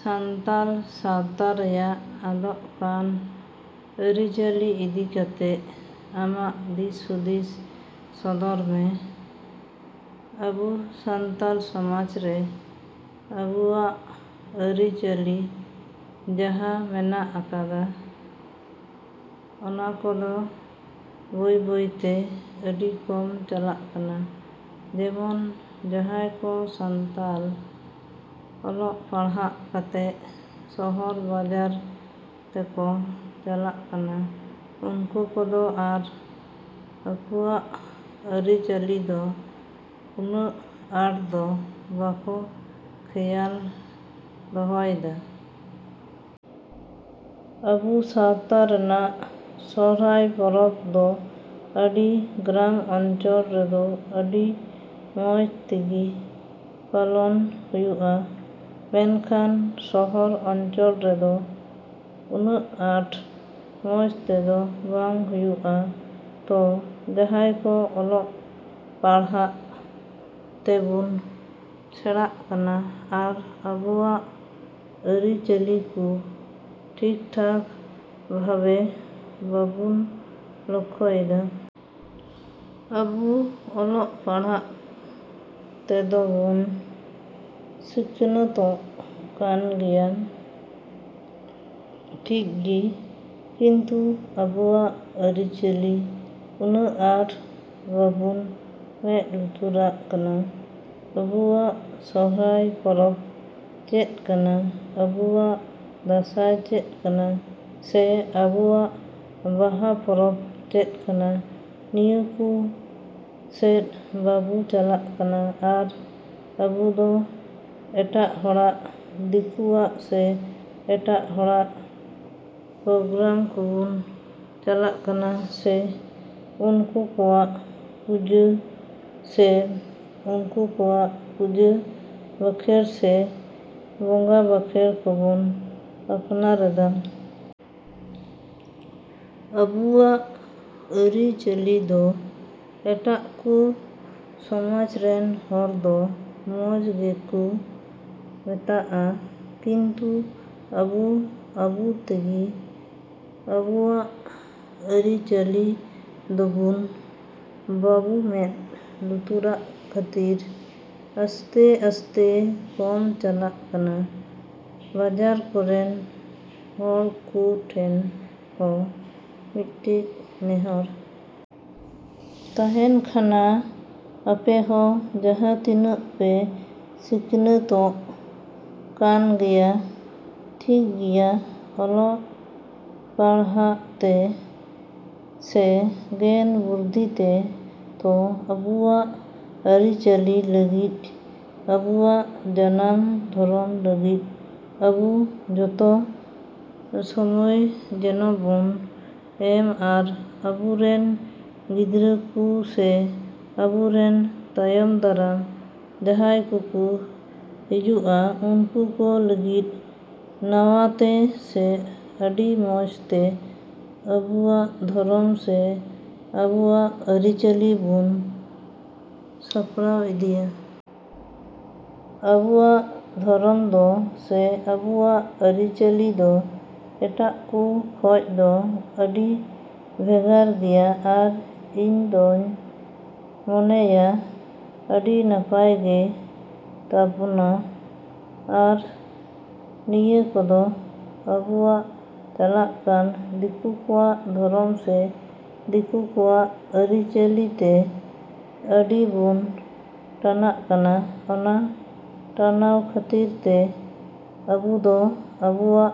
ᱥᱟᱱᱛᱟᱞ ᱥᱟᱶᱛᱟ ᱨᱮᱭᱟᱜ ᱟᱫᱚᱜ ᱠᱟᱱ ᱟᱹᱨᱤ ᱪᱟᱹᱞᱤ ᱤᱫᱤ ᱠᱟᱛᱮᱜ ᱟᱢᱟᱜ ᱫᱤᱥ ᱦᱩᱫᱤᱥ ᱥᱚᱫᱚᱨ ᱢᱮ᱾ ᱟᱵᱩ ᱥᱟᱱᱛᱟᱞ ᱥᱚᱢᱟᱡᱽ ᱨᱮ ᱟᱵᱩᱣᱟᱜ ᱟᱹᱨᱤᱪᱟᱹᱞᱤ ᱡᱟᱦᱟᱸ ᱢᱮᱱᱟᱜ ᱟᱠᱟᱫᱟ, ᱚᱱᱟᱠᱚᱫᱚ ᱵᱟᱹᱭ ᱵᱟᱹᱭ ᱛᱮ ᱟᱹᱰᱤ ᱠᱚᱢ ᱪᱟᱞᱟᱜ ᱠᱟᱱᱟ᱾ ᱡᱮᱢᱚᱱ ᱡᱟᱦᱟᱸᱭ ᱠᱚ ᱥᱟᱱᱛᱟᱞ ᱚᱞᱚᱜ ᱯᱟᱲᱦᱟᱜ ᱠᱟᱛᱮᱜ ᱥᱚᱦᱚᱨ ᱵᱟᱡᱟᱨ ᱛᱮᱠᱚ ᱪᱟᱞᱟᱜ ᱠᱟᱱᱟ, ᱩᱱᱠᱩ ᱠᱚᱫᱚ ᱟᱨ ᱟᱠᱩᱣᱟᱜ ᱟᱹᱨᱤ ᱪᱟᱹᱞᱤᱫᱚ ᱩᱱᱟᱹᱜ ᱟᱴᱫᱚ ᱵᱟᱠᱚ ᱠᱷᱮᱭᱟᱞ ᱫᱚᱦᱚᱭᱮᱫᱟ᱾ ᱟᱵᱩ ᱥᱟᱶᱛᱟ ᱨᱮᱱᱟᱜ ᱥᱚᱦᱚᱨᱟᱭ ᱯᱚᱨᱚᱵ ᱫᱚ ᱟᱹᱰᱤ ᱜᱨᱟᱢ ᱚᱧᱪᱚᱞ ᱨᱮᱫᱚ ᱟᱹᱰᱤ ᱢᱚᱡᱽᱛᱮᱜᱤ ᱯᱟᱞᱚᱱ ᱦᱩᱭᱩᱜᱼᱟ, ᱢᱮᱱᱠᱷᱟᱱ ᱥᱚᱦᱚᱨ ᱚᱧᱪᱚᱞ ᱨᱮᱫᱚ ᱩᱱᱟᱹᱜ ᱟᱴ ᱢᱚᱡᱽᱛᱮᱫᱚ ᱵᱟᱝ ᱦᱩᱭᱩᱜᱼᱟ᱾ ᱛᱚ ᱡᱟᱦᱟᱸᱭ ᱠᱚ ᱚᱞᱚᱜ ᱯᱟᱲᱦᱟᱜ ᱛᱮᱵᱩᱱ ᱥᱮᱬᱟᱜ ᱠᱟᱱᱟ ᱟᱨ ᱟᱵᱩᱣᱟᱜ ᱟᱹᱨᱤᱪᱟᱹᱞᱤᱠᱩ ᱴᱷᱤᱠᱴᱷᱟᱠ ᱵᱷᱟᱵᱮ ᱵᱟᱵᱩᱱ ᱞᱚᱠᱷᱚᱭᱮᱫᱟ᱾ ᱟᱵᱩ ᱚᱞᱚᱜ ᱯᱟᱲᱦᱟᱜ ᱛᱮᱫᱚᱵᱩᱱ ᱥᱤᱠᱷᱱᱟᱹᱛᱚᱜ ᱠᱟᱱᱜᱮᱭᱟ ᱴᱷᱤᱠᱜᱤ, ᱠᱤᱱᱛᱩ ᱟᱵᱩᱣᱟᱜ ᱟᱹᱨᱤᱪᱟᱹᱞᱤ ᱩᱱᱟᱹᱜ ᱟᱴ ᱵᱟᱵᱩᱱ ᱢᱮᱫ ᱞᱩᱛᱩᱨᱟᱜ ᱠᱟᱱᱟ᱾ ᱟᱵᱩᱣᱟᱜ ᱥᱚᱦᱚᱨᱟᱭ ᱯᱚᱨᱚᱵ ᱪᱮᱫ ᱠᱟᱱᱟ, ᱟᱵᱩᱣᱟᱜ ᱫᱟᱸᱥᱟᱭ ᱪᱮᱫ ᱠᱟᱱᱟ ᱥᱮ ᱟᱵᱩᱣᱟᱜ ᱵᱟᱦᱟ ᱯᱚᱨᱚᱵ ᱪᱮᱫ ᱠᱟᱱᱟ, ᱱᱤᱭᱟᱹ ᱠᱩ ᱥᱮᱫ ᱵᱟᱵᱩ ᱪᱟᱞᱟᱜ ᱠᱟᱱᱟ ᱟᱨ ᱟᱵᱩᱫᱚ ᱮᱴᱟᱜ ᱦᱚᱲᱟᱜ ᱫᱤᱠᱩᱣᱟᱜ ᱥᱮ ᱮᱴᱟᱜ ᱦᱚᱲᱟᱜ ᱯᱨᱚᱜᱨᱟᱢ ᱠᱚᱵᱩᱱ ᱪᱟᱞᱟᱜ ᱠᱟᱱᱟ ᱥᱮ ᱩᱱᱠᱩ ᱠᱚᱣᱟᱜ ᱯᱩᱡᱟᱹ ᱥᱮ ᱩᱱᱠᱩ ᱠᱩᱣᱟᱜ ᱯᱩᱡᱟᱹ ᱵᱟᱸᱠᱷᱮᱲ ᱥᱮ ᱵᱚᱸᱜᱟ ᱵᱟᱠᱷᱮᱲ ᱠᱚᱵᱚᱱ ᱟᱯᱱᱟᱨᱮᱫᱟ᱾ ᱟᱵᱩᱣᱟᱜ ᱟᱹᱨᱤᱪᱟᱹᱞᱤ ᱫᱚ ᱮᱴᱟᱜ ᱠᱩ ᱥᱚᱢᱟᱡᱽ ᱨᱮᱱ ᱦᱚᱲ ᱫᱚ ᱢᱚᱪ ᱜᱮᱠᱩ ᱢᱮᱛᱟᱜᱼᱟ, ᱠᱤᱱᱛᱩ ᱟᱵᱩ ᱟᱵᱩᱛᱮᱜᱤ ᱟᱵᱩᱣᱟᱜ ᱟᱹᱨᱤ ᱪᱟᱹᱞᱤᱫᱚᱵᱩᱱ ᱵᱟᱹᱵᱩ ᱢᱮᱫ ᱞᱩᱛᱩᱨᱟᱜ ᱠᱷᱟᱹᱛᱤᱨ ᱟᱥᱛᱮᱼᱟᱥᱛᱮ ᱠᱚᱢ ᱪᱟᱞᱟᱜ ᱠᱟᱱᱟ᱾ ᱵᱟᱡᱟᱨ ᱠᱚᱨᱮᱱ ᱦᱚᱲᱠᱩ ᱴᱷᱮᱱ ᱦᱚᱸ ᱢᱤᱫᱴᱮᱡ ᱱᱮᱦᱚᱨ ᱛᱟᱦᱮᱸᱱ ᱠᱷᱟᱱᱟ, ᱟᱯᱮᱦᱚᱸ ᱡᱟᱦᱟᱸ ᱛᱤᱱᱟᱹᱜ ᱯᱮ ᱥᱤᱠᱷᱱᱟᱹᱛᱚᱜ ᱠᱟᱱᱜᱮᱭᱟ ᱴᱷᱤᱠᱜᱮᱭᱟ ᱚᱞᱚᱜ ᱯᱟᱲᱟᱦᱟᱜ ᱛᱮ ᱥᱮᱜᱮᱱ ᱵᱩᱨᱫᱷᱤᱛᱮ ᱛᱚ ᱟᱵᱩᱣᱟᱜ ᱟᱹᱨᱤᱪᱟᱹᱞᱤ ᱞᱟᱹᱜᱤᱫ, ᱟᱵᱩᱣᱟᱜ ᱡᱟᱱᱟᱢ ᱫᱷᱚᱨᱚᱢ ᱞᱟᱹᱜᱤᱫ ᱟᱵᱩ ᱡᱚᱛᱚ ᱥᱚᱢᱚᱭ ᱡᱮᱱᱚᱵᱩᱱ ᱮᱢ ᱟᱨ ᱟᱵᱩᱨᱮᱱ ᱜᱤᱫᱽᱨᱟᱹᱠᱩ ᱥᱮ ᱟᱵᱩᱨᱮᱱ ᱛᱟᱭᱚᱢ ᱫᱟᱨᱟᱢ ᱡᱟᱦᱟᱸᱭ ᱠᱩᱠᱩ ᱦᱤᱡᱩᱜᱼᱟ ᱩᱱᱠᱩ ᱠᱩ ᱞᱟᱹᱜᱤᱫ ᱱᱟᱣᱟᱛᱮ ᱥᱮ ᱟᱹᱰᱤ ᱢᱚᱡᱽᱛᱮ ᱟᱵᱩᱣᱟᱜ ᱫᱷᱚᱨᱚᱢ ᱥᱮ ᱟᱵᱩᱣᱟᱜ ᱟᱹᱨᱤᱪᱟᱹᱞᱤ ᱵᱩᱱ ᱥᱟᱯᱲᱟᱣ ᱤᱫᱤᱭᱟ᱾ ᱟᱵᱩᱣᱟᱜ ᱫᱷᱚᱨᱚᱢ ᱫᱚ ᱥᱮ ᱟᱵᱩᱣᱟᱜ ᱟᱹᱨᱤᱪᱟᱹᱞᱤᱫᱚ ᱮᱴᱟᱜ ᱠᱩ ᱠᱷᱚᱡ ᱫᱚ ᱟᱹᱰᱤ ᱵᱷᱮᱜᱟᱨ ᱜᱮᱭᱟ ᱟᱨ ᱤᱧᱫᱚᱧ ᱢᱚᱱᱮᱭᱟ ᱟᱹᱰᱤ ᱱᱟᱯᱟᱭ ᱜᱮ ᱛᱟᱵᱚᱱᱟ ᱟᱨ ᱱᱤᱭᱟᱹ ᱠᱚᱫᱚ ᱟᱵᱩᱣᱟᱜ ᱪᱟᱞᱟᱜ ᱠᱟᱱ ᱫᱤᱠᱩ ᱠᱚᱣᱟᱜ ᱫᱷᱚᱨᱚᱢ ᱥᱮ ᱫᱤᱠᱩ ᱠᱚᱣᱟᱜ ᱟᱹᱨᱤᱪᱟᱹᱞᱤᱛᱮ ᱰᱷᱤᱨᱵᱩᱱ ᱴᱟᱱᱟᱜ ᱠᱟᱱᱟ᱾ ᱚᱱᱟ ᱴᱟᱱᱟᱣ ᱠᱷᱟᱹᱛᱤᱨ ᱛᱮ ᱟᱵᱩᱫᱚ ᱟᱵᱩᱣᱟᱜ᱾